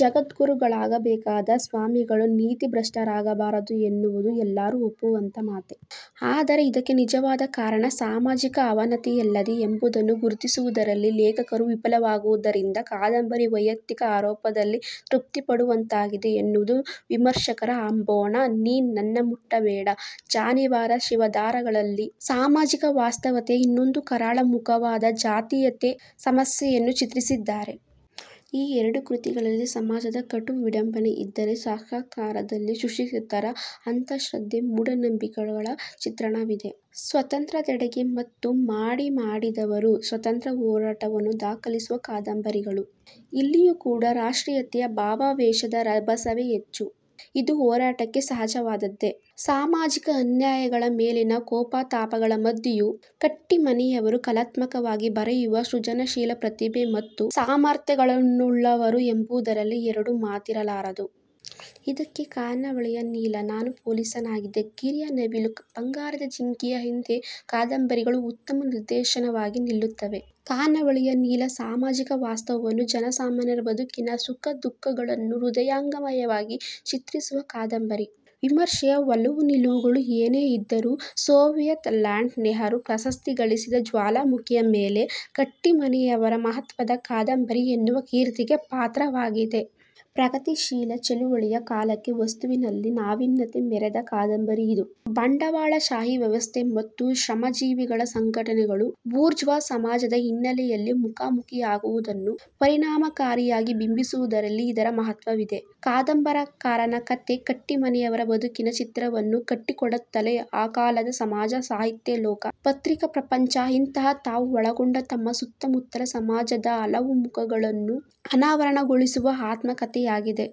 ಜಗದ್ಗುರುಗಳಾಗಬೇಕಾದ ಸ್ವಾಮಿಗಳು ನೀತಿಭ್ರಷ್ಟರಾಗಬಾರದು ಎನ್ನುವುದು ಎಲ್ಲರೂ ಒಪ್ಪುವಂತಹ ಮಾತೇ. ಆದರೆ ಇದಕ್ಕೆ ನಿಜವಾದ ಕಾರಣ ಸಾಮಾಜಿಕ ಅವನತಿಯಲ್ಲದೆ ಎಂಬುದನ್ನು ಗುರುತಿಸುವುದರಲ್ಲಿ ಲೇಖಕರು ವಿಫಲವಾಗುವುದರಿಂದ ಕಾದಂಬರಿ ವೈಯಕ್ತಿಕ ಆರೋಪದಲ್ಲೇ ತೃಪ್ತಿಪಡುವಂತಾಗಿದೆ ಎನ್ನುವುದು ವಿಮರ್ಶಕರ ಅಂಬೋಣ. 'ನೀ ನನ್ನ ಮುಟ್ಟಬೇಡ', 'ಜನಿವಾರ ಶಿವದಾರ'ಗಳಲ್ಲಿ ಸಾಮಾಜಿಕ ವಾಸ್ತವತೆಯ ಇನ್ನೊಂದು ಕರಾಳ ಮುಖವಾದ ಜಾತೀಯತೆ ಸಮಸ್ಯೆಯನ್ನು ಚಿತ್ರಿಸಿದ್ದಾರೆ. ಈ ಎರಡು ಕೃತಿಗಳಲ್ಲಿ ಸಮಾಜದ ಕಟು ವಿಡಂಬನೆ ಇದ್ದರೆ, 'ಸಾಕ್ಷಾತ್ಕಾರ'ದಲ್ಲಿ ಸುಶಿಕ್ಷಿತರ ಅಂಧಶ್ರದ್ಧೆ, ಮೂಢನಂಬಿಕೆಗಳ ಚಿತ್ರಣವಿದೆ. 'ಸ್ವಾತಂತ್ರ್ಯದೆಡೆಗೆ' ಮತ್ತು 'ಮಾಡಿ ಮಡಿದವರು' ಸ್ವಾತಂತ್ರ್ಯ ಹೋರಾಟವನ್ನು ದಾಖಲಿಸುವ ಕಾದಂಬರಿಗಳು. ಇಲ್ಲಿಯೂ ಕೂಡ ರಾಷ್ಟ್ರೀಯತೆಯ ಭಾವಾವೇಶದ ರಭಸವೇ ಹೆಚ್ಚು. ಇದು ಹೋರಾಟಕ್ಕೆ ಸಹಜವಾದದ್ದೇ. ಸಾಮಾಜಿಕ ಅನ್ಯಾಯಗಳ ಮೇಲಿನ ಕೋಪತಾಪಗಳ ಮಧ್ಯೆಯೂ ಕಟ್ಟೀಮನಿಯವರು ಕಲಾತ್ಮಕವಾಗಿ ಬರೆಯುವ ಸೃಜನಶೀಲ ಪ್ರತಿಭೆ ಮತ್ತು ಸಾಮರ್ಥ್ಯಗಳನ್ನುಳ್ಳವರು ಎಂಬುದರಲ್ಲಿ ಎರಡು ಮಾತಿರಲಾರದು. ಇದಕ್ಕೆ, 'ಖಾನಾವಳಿಯ ನೀಲ', 'ನಾನು ಪೊಲೀಸನಾಗಿದ್ದೆ, 'ಗಿರಿಯ ನವಿಲು', 'ಬಂಗಾರದ ಜಿಂಕೆಯ ಹಿಂದೆ' ಕಾದಂಬರಿಗಳು ಉತ್ತಮ ನಿದರ್ಶನವಾಗಿ ನಿಲ್ಲುತ್ತವೆ. 'ಖಾನಾವಳಿಯ ನೀಲ' ಸಾಮಾಜಿಕ ವಾಸ್ತವವನ್ನು, ಜನಸಾಮಾನ್ಯರ ಬದುಕಿನ ಸುಖದುಃಖಗಳನ್ನು ಹೃದಯಂಗಮವಾಗಿ ಚಿತ್ರಿಸುವ ಕಾದಂಬರಿ. ವಿಮರ್ಶೆಯ ಒಲವುನಿಲುವುಗಳು ಏನೇ ಇದ್ದರೂ, 'ಸೋವಿಯತ್ ಲ್ಯಾಂಡ್ ನೆಹರೂ ಪ್ರಶಸ್ತಿ'ಗಳಿಸಿದ 'ಜ್ವಾಲಾಮುಖಿಯ ಮೇಲೆ' ಕಟ್ಟೀಮನಿಯವರ ಮಹತ್ವದ ಕಾದಂಬರಿ ಎನ್ನುವ ಕೀರ್ತಿಗೆ ಪಾತ್ರವಾಗಿದೆ. ಪ್ರಗತಿಶೀಲ ಚಳವಳಿಯ ಕಾಲಕ್ಕೆ ವಸ್ತುವಿನಲ್ಲಿ ನಾವೀನ್ಯತೆ ಮೆರೆದ ಕಾದಂಬರಿ ಇದು. ಬಂಡವಾಳಶಾಹಿ ವ್ಯವಸ್ಥೆ ಮತ್ತು ಶ್ರಮಜೀವಿಗಳ ಸಂಘಟನೆಗಳು ಬೂರ್ಜ್ವಾಸಮಾಜದ ಹಿನ್ನೆಲೆಯಲ್ಲಿ ಮುಖಾಮುಖಿಯಾಗುವುದನ್ನು ಪರಿಣಾಮಕಾರಿಯಾಗಿ ಬಿಂಬಿಸುವುದರಲ್ಲಿ ಇದರ ಮಹತ್ವವಿದೆ. 'ಕಾದಂಬರಕಾರನ ಕಥೆ' ಕಟ್ಟೀಮನಿಯವರ ಬದುಕಿನ ಚಿತ್ರವನ್ನು ಕಟ್ಟಿಕೊಡುತ್ತಲೇ ಆ ಕಾಲದ ಸಮಾಜ, ಸಾಹಿತ್ಯಲೋಕ, ಪತ್ರಿಕಾ ಪ್ರಪಂಚ-ಇಂತಹ, ತಾವು ಒಳಗೊಂಡ ತಮ್ಮ ಸುತ್ತಮುತ್ತಲ ಸಮಾಜದ ಹಲವು ಮುಖಗಳನ್ನು ಅನಾವರಣಗೊಳಿಸುವ ಆತ್ಮಕಥೆಯಾಗಿದೆ.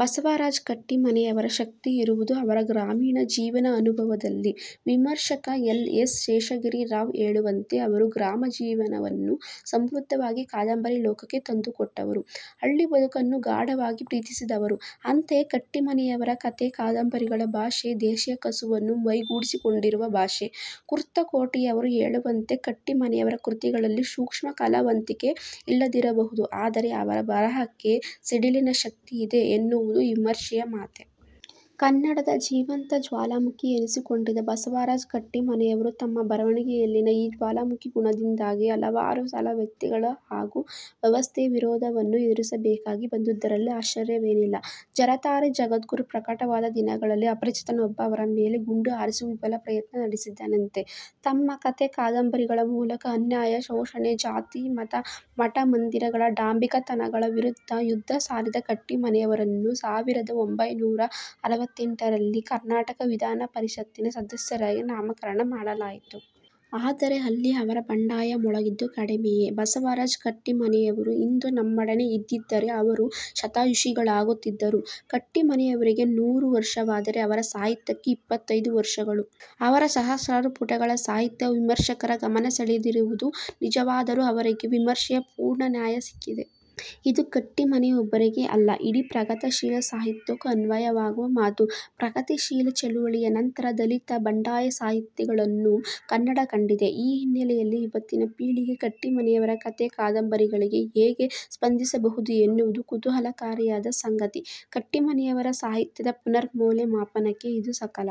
ಬಸವರಾಜ ಕಟ್ಟೀಮನಿಯವರ ಶಕ್ತಿ ಇರುವುದು ಅವರ ಗ್ರಾಮೀಣ ಜೀವನಾನುಭವದಲ್ಲಿ. ವಿಮರ್ಶಕ ಎಲ್. ಎಸ್. ಶೇಷಗಿರಿ ರಾವ್ ಹೇಳುವಂತೆ, ಅವರು ಗ್ರಾಮಜೀವನವನ್ನು ಸಮೃದ್ಧವಾಗಿ ಕಾದಂಬರಿ ಲೋಕಕ್ಕೆ ತಂದುಕೊಟ್ಟವರು. ಹಳ್ಳಿ ಬದುಕನ್ನು ಗಾಢವಾಗಿ ಪ್ರೀತಿಸಿದವರು. ಅಂತೆಯೇ ಕಟ್ಟೀಮನಿಯವರ ಕಥೆ, ಕಾದಂಬರಿಗಳ ಭಾಷೆ ದೇಸಿಯ ಕಸುವನ್ನು ಮೈಗೂಡಿಸಿಕೊಂಡಿರುವ ಭಾಷೆ. ಕುರ್ತಕೋಟಿಯವರು ಹೇಳುವಂತೆ ಕಟ್ಟೀಮನಿಯವರ ಕೃತಿಗಳಲ್ಲಿ ಸೂಕ್ಷ್ಮ ಕಲಾವಂತಿಕೆ ಇಲ್ಲದಿರಬಹುದು, ಆದರೆ ಅವರ ಬರಹಕ್ಕೆ ಸಿಡಿಲಿನ ಶಕ್ತಿ ಇದೆ ಎನ್ನುವುದೂ ವಿಮರ್ಶೆಯ ಮಾತೇ. ಕನ್ನಡದ ಜೀವಂತ ಜ್ವಾಲಾಮುಖಿ ಎನ್ನಿಸಿಕೊಂಡಿದ್ದ ಬಸವರಾಜ ಕಟ್ಟೀಮನಿಯವರು ತಮ್ಮ ಬರವಣಿಗೆಯಲ್ಲಿನ ಈ ಜ್ವಾಲಾಮುಖಿ ಗುಣದಿಂದಾಗಿ ಹಲವಾರು ಸಲ ವ್ಯಕ್ತಿಗಳ ಹಾಗೂ ವ್ಯವಸ್ಥೆಯ ವಿರೋಧವನ್ನೂ ಎದುರಿಸಬೇಕಾಗಿ ಬಂದುದರಲ್ಲಿ ಆಶ್ವರ್ಯವೇನಿಲ್ಲ. 'ಜರತಾರಿ ಜಗದ್ಗುರು' ಪ್ರಕಟವಾದ ದಿನಗಳಲ್ಲಿ ಅಪರಿಚಿತನೊಬ್ಬ ಅವರ ಮೇಲೆ ಗುಂಡುಹಾರಿಸುವ ವಿಫಲ ಪ್ರಯತ್ನ ನಡೆಸಿದ್ದನಂತೆ. ತಮ್ಮ ಕಥೆ, ಕಾದಂಬರಿಗಳ ಮೂಲಕ ಅನ್ಯಾಯ, ಶೋಷಣೆ, ಜಾತಿ-ಮತ, ಮಠಮಂದಿರಗಳ ಡಾಂಭಿಕತನಗಳ ವಿರುದ್ಧ ಯುದ್ಧ ಸಾರಿದ ಕಟ್ಟೀಮನಿಯವರನ್ನು ಸಾವಿರದ ಒಂಭೈನೂರ ಅರವತ್ತೆಂಟರಲ್ಲಿ ಕರ್ನಾಟಕ ವಿಧಾನಪರಿಷತ್ತಿನ ಸದಸ್ಯರಾಗಿ ನಾಮಕರಣ ಮಾಡಲಾಯಿತು. ಆದರೆ ಅಲ್ಲಿ ಅವರ ಬಂಡಾಯ ಮೊಳಗಿದ್ದು ಕಡಿಮೆಯೇ. ಬಸವರಾಜ ಕಟ್ಟೀಮನಿಯವರು ಇಂದು ನಮ್ಮಡನೆ ಇದ್ದಿದ್ದರೆ ಅವರು ಶತಾಯುಷಿಗಳಾಗುತ್ತಿದ್ದರು. ಕಟ್ಟೀಮನಿಯವರಿಗೆ ನೂರು ವರ್ಷವಾದರೆ ಅವರ ಸಾಹಿತ್ಯಕ್ಕೆ ಎಪ್ಪತ್ತೈದು ವರುಷಗಳು. ಅವರ ಸಹಸ್ರಾರು ಪುಟಗಳ ಸಾಹಿತ್ಯ ವಿಮರ್ಶಕರ ಗಮನ ಸೆಳೆದಿರುವುದು ನಿಜವಾದರೂ ಅವರಿಗೆ ವಿಮರ್ಶೆಯ ಪೂರ್ಣ ನ್ಯಾಯ ಸಿಕ್ಕಿಲ್ಲ. ಇದು ಕಟ್ಟೀಮನಿಯೊಬ್ಬರಿಗೇ ಅಲ್ಲ, ಇಡೀ ಪ್ರಗತಶೀಲ ಸಾಹಿತ್ಯಕ್ಕೂ ಅನ್ವಯವಾಗುವ ಮಾತು. ಪ್ರಗತಿಶೀಲ ಚಳವಳಿಯ ನಂತರ ದಲಿತ, ಬಂಡಾಯ ಸಾಹಿತ್ಯಗಳನ್ನೂ ಕನ್ನಡ ಕಂಡಿದೆ. ಈ ಹಿನ್ನೆಲೆಯಲ್ಲಿ ಇವತ್ತಿನ ಪೀಳಿಗೆ ಕಟ್ಟೀಮನಿಯವರ ಕಥೆ, ಕಾದಂಬರಿಗಳಿಗೆ ಹೇಗೆ ಸ್ಪಂದಿಸಬಹುದು ಎನ್ನುವುದು ಕುತೂಹಲಕಾರಿಯಾದ ಸಂಗತಿ. ಕಟ್ಟೀಮನಿಯವರ ಸಾಹಿತ್ಯದ ಪುನರ್ಮೌಲ್ಯ ಮಾಪನಕ್ಕೆ ಇದು ಸಕಾಲ.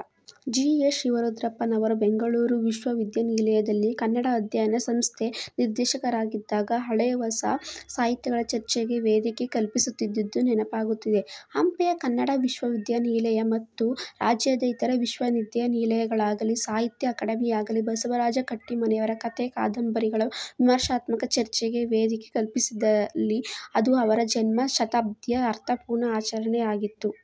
ಜಿ. ಎಸ್. ಶಿವರುದ್ರಪ್ಪನವರು ಬೆಂಗಳೂರು ವಿಶ್ವವಿದ್ಯಾನಿಲಯದಲ್ಲಿ ಕನ್ನಡ ಅಧ್ಯಯನ ಸಂಸ್ಥೆ ನಿರ್ದೇಶಕರಾಗಿದ್ದಾಗ ಹಳೆ-ಹೊಸ ಸಾಹಿತ್ಯಗಳ ಚರ್ಚೆಗೆ ವೇದಿಕೆ ಕಲ್ಪಿಸುತ್ತಿದ್ದುದು ನೆನಪಾಗುತ್ತಿದೆ. ಹಂಪಿಯ ಕನ್ನಡ ವಿಶ್ವವಿದ್ಯಾನಿಲಯ ಮತ್ತು ರಾಜ್ಯದ ಇತರ ವಿಶ್ವವಿದ್ಯಾನಿಲಯಗಳಾಗಲೀ ಸಾಹಿತ್ಯ ಅಕಾಡೆಮಿಯಾಗಲೀ ಬಸವರಾಜ ಕಟ್ಟೀಮನಿಯವರ ಕಥೆ ಕಾದಂಬರಿಗಳ ವಿಮರ್ಶಾತ್ಮಕ ಚರ್ಚೆಗೆ ವೇದಿಕೆ ಕಲ್ಪಿಸಿದಲ್ಲಿ ಅದು ಅವರ ಜನ್ಮ ಶತಾಬ್ದಿಯ ಅರ್ಥಪೂರ್ಣ ಆಚರಣೆಯಾದೀತು.